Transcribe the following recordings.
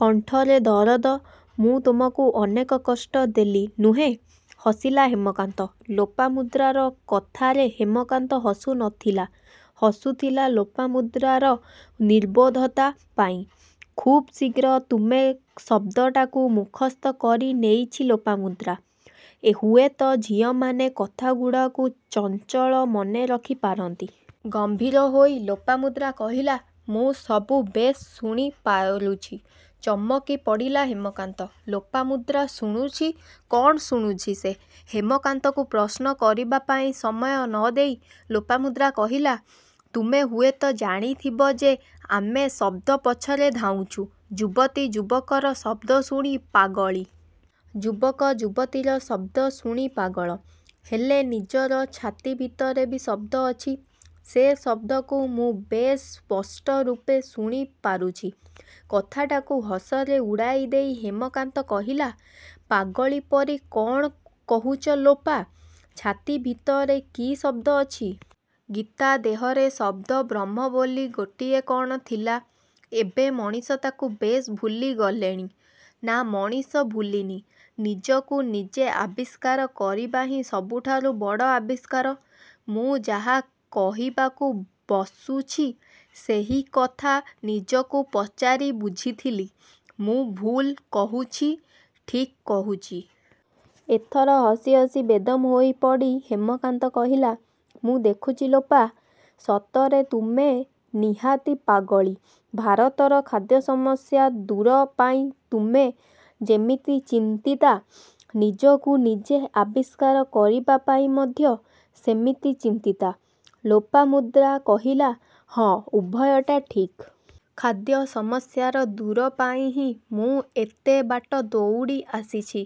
କଣ୍ଠରେ ଦରଦ-''ମୁଁ ତୁମକୁ ଅନେକ କଷ୍ଟ ଦେଲି, ନୁହେଁ? '' ହସିଲା ହେମକାନ୍ତ। ଲୋପାମୁଦ୍ରାର କଥାରେ ହେମକାନ୍ତ ହସୁ ନ ଥିଲା। ହସୁଥିଲା ଲୋପାମୁଦ୍ରାର ନିର୍ବୋଧତା ପାଇଁ। ଖୁବ୍ ଶୀଘ୍ର 'ତୁମେ' ଶବ୍ଦଟାକୁ ମୁଖସ୍ଥ କରି ନେଇଛି ଲୋପାମୁଦ୍ରା-। ହୁଏତ ଝିଅମାନେ କଥାଗୁଡ଼ାକୁ ଚଞ୍ଚଳ ମନେ ରଖି ପାରନ୍ତି। ଗମ୍ଭୀର ହୋଇ ଲୋପାମୁଦ୍ରା କହିଲା-''ମୁଁ ସବୁ ବେଶ୍ ଶୁଣି ପାରୁଛି। '' ଚମକି ପଡ଼ିଲା ହେମକାନ୍ତ। ଲୋପାମୁଦ୍ରା ଶୁଣୁଛି। କ'ଣ ଶୁଣୁଛି ସେ? ହେମକାନ୍ତକୁ ପ୍ରଶ୍ନ କରିବାପାଇଁ ସମୟ ନ ଦେଇ ଲୋପାମୁଦ୍ରା କହିଲା-''ତୁମେ ହୁଏତ ଜାଣିଥିବ ଯେ ଆମେ ଶବ୍ଦ ପଛରେ ଧାଉଁଛୁ। ଯୁବତୀ ଯୁବକର ଶବ୍ଦ ଶୁଣି ପାଗଳୀ। ଯୁବକ ଯୁବତୀର ଶବ୍ଦ ଶୁଣି ପାଗଳ। ହେଲେ ନିଜର ଛାତି ଭିତରେ ବି ଶବ୍ଦ ଅଛି। ସେ ଶବ୍ଦକୁ ମୁଁ ବେଶ୍ ସ୍ପଷ୍ଟ ରୂପେ ଶୁଣି ପାରୁଛି। କଥାଟାକୁ ହସରେ ଉଡ଼ାଇ ଦେଇ ହେମକାନ୍ତ କହିଲା-''ପାଗଳୀ ପରି କ'ଣ କହୁଛ ଲୋପା? ଛାତି ଭିତରେ କି ଶବ୍ଦ ଅଛି? ଗୀତା ଦେହରେ ଶବ୍ଦବ୍ରହ୍ମ ବୋଲି ଗୋଟାଏ କ'ଣ ଥିଲା। ଏବେ ମଣିଷ ତାକୁ ବେଶ୍ ଭୁଲି ଗଲେଣି? '' ''ନାଁ ମଣିଷ ଭୁଲିନି, ନିଜକୁ ନିଜେ ଆବିଷ୍କାର କରିବା ହିଁ ସବୁଠାରୁ ବଡ଼ ଆବିଷ୍କାର। ମୁଁ ଯାହା କହିବାକୁ ବସୁଛି ସେହିକଥା ନିଜକୁ ପଚାରି ବୁଝୁଥିଲି-ମୁଁ ଭୁଲ୍ କହୁଛି ଠିକ୍ କହୁଛି। '' ଏଥର ହସି ହସି ବେଦମ୍ ହୋଇ ପଡ଼ି ହେମକାନ୍ତ କହିଲା-ମୁଁ ଦେଖୁଛି ଲୋପା! ସତରେ ତୁମେ ନିହାତି ପାଗଳୀ। ଭାରତର ଖାଦ୍ୟ ସମସ୍ୟା ଦୂର ପାଇଁ ତୁମେ ଯେମିତି ଚିନ୍ତିତା ନିଜକୁ ନିଜେ ଆବିଷ୍କାର କରିବାପାଇଁ ମଧ୍ୟ ସେମିତି ଚିନ୍ତିତା। ଲୋପାମୁଦ୍ରା କହିଲା-''ହଁ, ଉଭୟଟା ଠିକ୍। ଖାଦ୍ୟ ସମସ୍ୟାର ଦୂର ପାଇଁ ହିଁ ମୁଁ ଏତେ ବାଟ ଦୌଡ଼ି ଆସିଛି।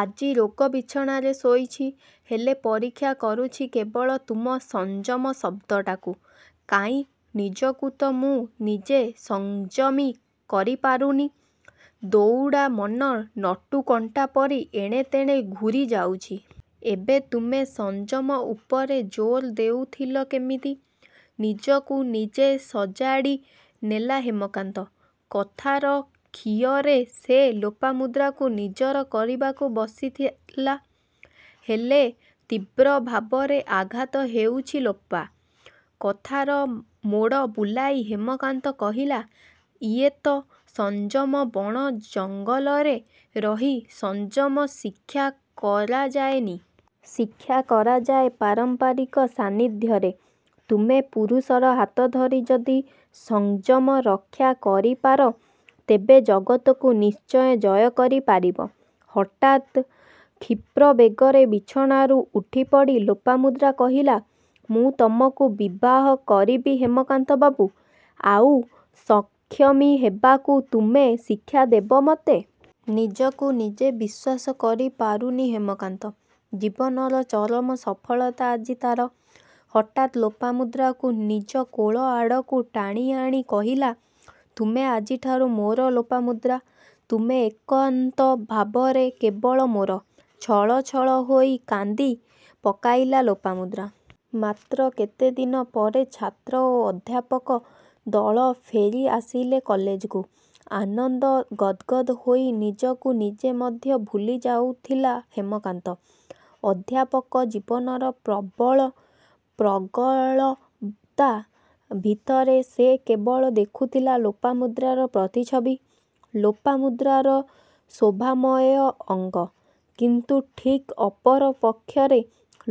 ଆଜି ରୋଗ ବିଛଣାରେ ଶୋଇଛି। ହେଲେ ପରୀକ୍ଷା କରୁଛି କେବଳ ତୁମ ସଂଯମ ଶବ୍ଦଟାକୁ। କାହିଁ? ନିଜକୁ ତ ମୁଁ ନିଜେ ସଂଯମୀ କରି ପାରୁନି? ଦୌଡ଼ାମନ ନଟୁ କଣ୍ଡାପରି ଏଣେ ତେଣେ ଘୂରି ଯାଉଛି। ଏବେ ତୁମେ ସଂଯମ ଉପରେ ଜୋର ଦେଉଥିଲ କେମିତି-? '' ନିଜକୁ ନିଜେ ସଜାଡ଼ି ନେଲା ହେମକାନ୍ତ। କଥାର ଖିଅରେ ସେ ଲୋପାମୁଦ୍ରାକୁ ନିଜର କରିବାକୁ ବସିଥିଲା। ହେଲେ ତୀବ୍ର ଭାବରେ ଆଘାତ ଦେଉଛି ଲୋପା। କଥାର ମୋଡ଼ ବୁଲାଇ ହେମକାନ୍ତ କହିଲା-ଏଇ ତ' ସଂଯମ ବଣ ଜଙ୍ଗଲରେ ରହି ସଂଯମ ଶିକ୍ଷା କରାଯାଏନି। ଶିକ୍ଷା କରାଯାଏ ପାରସ୍ପରିକ ସାନିଧ୍ୟରେ। ତୁମେ ପୁରୁଷର ହାତ ଧରି ଯଦି ସଂଯମ ରକ୍ଷା କରିପାର, ତେବେ ଜଗତକୁ ନିଶ୍ଚୟ ଜୟ କରି ପାରିବ। ହଠାତ୍ କ୍ଷିପ୍ରବେଗରେ ବିଛଣାରୁ ଉଠିପଡ଼ି ଲୋପାମୁଦ୍ରା କହିଲା-ମୁଁ ତୁମକୁ ବିବାହ କରିବି ହେମକାନ୍ତ ବାବୁ। ଆଉ ସଂଯମୀ ହେବାକୁ ତୁମେ ଶିକ୍ଷା ଦେବ ମୋତେ। ନିଜକୁ ନିଜେ ବିଶ୍ୱାସ କରି ପାରୁନି ହେମକାନ୍ତ। ଜୀବନର ଚରମ ସଫଳତା ଆଜି ତା'ର। ହଠାତ୍ ଲୋପାମୁଦ୍ରାକୁ ନିଜ କୋଳ ଆଡ଼କୁ ଟାଣି ଆଣି କହିଲା.. ''ତୁମେ ଆଜିଠାରୁ ମୋର ଲୋପାମୁଦ୍ରା, ତୁମେ ଏକାନ୍ତ ଭାବରେ କେବଳ ମୋର। '' ଛଳଛଳ ହୋଇ କାନ୍ଦି ପକାଇଲା ଲୋପାମୁଦ୍ରା। ମାତ୍ର କେତେଦିନ ପରେ ଛାତ୍ର ଓ ଅଧ୍ୟାପକ ଦଳ ଫେରି ଆସିଥିଲେ କଲେଜକୁ। ଆନନ୍ଦ ଗଦ୍ଗଦ୍ ହୋଇ ନିଜକୁ ନିଜେ ମଧ୍ୟ ଭୁଲିଯାଉଥିଲା ହେମାକାନ୍ତ। ଅଧ୍ୟାପକ ଜୀବନର ପ୍ରବଳ ପ୍ରଗଳ୍ଭତା ଭିତରେ ସେ କେବଳ ଦେଖୁଥିଲା ଲୋପାମୁଦ୍ରାର ପ୍ରତିଛବି। ଲୋପାମୁଦ୍ରାର ଶୋଭାମୟ ଅଙ୍ଗ। କିନ୍ତୁ ଠିକ୍ ଅପର ପକ୍ଷରେ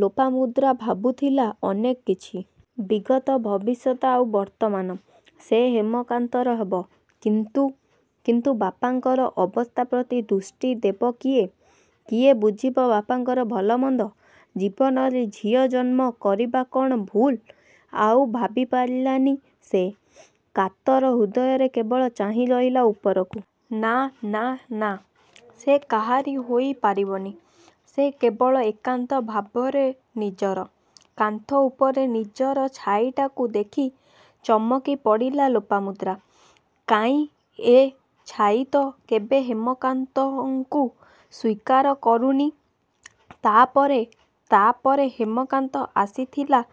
ଲୋପାମୁଦ୍ରା ଭାବୁଥିଲା ଅନେକ କିଛି। ବିଗତ, ଭବିଷ୍ୟତ ଆଉ ବର୍ତ୍ତମାନ। ସେ ହେମକାନ୍ତର ହେବ। କିନ୍ତୁ କିନ୍ତୁ ବାପାଙ୍କର ଅବସ୍ଥା ପ୍ରତି ଦୃଷ୍ଟି ଦେବ କିଏ? କିଏ ବୁଝିବ ବାପାଙ୍କର ଭଲ ମନ୍ଦ? ଜୀବନରେ ଝିଅ ଜନ୍ମ କରିବା କ'ଣ ଭୁଲ୍? ଆଉ ଭାବିପାରିଲା ନି ସେ। କାତର ହୃଦୟରେ କେବଳ ଚାହିଁରହିଲା ଉପରକୁ। ନାଁ.. ନାଁ.. ନାଁ..। ସେ କାହାରି ହୋଇ ପାରିବନି। ସେ କେବଳ ଏକାନ୍ତ ଭାବରେ ନିଜର-। କାନ୍ଥ ଉପରେ ନିଜର ଛାଇଟିକୁ ଦେଖି ଚମକି ପଡ଼ିଲା ଲୋପାମୁଦ୍ରା। କାହିଁ ଏ। ଛାଇ ତ' କେବେ ହେମକାନ୍ତକୁ ସ୍ୱୀକାର କରୁନି। ତା'ପରେ ତା' ପରେ ହେମକାନ୍ତ ଆସିଥିଲା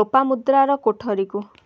ଲୋପାମୁଦ୍ରାର କୋଠରୀକୁ।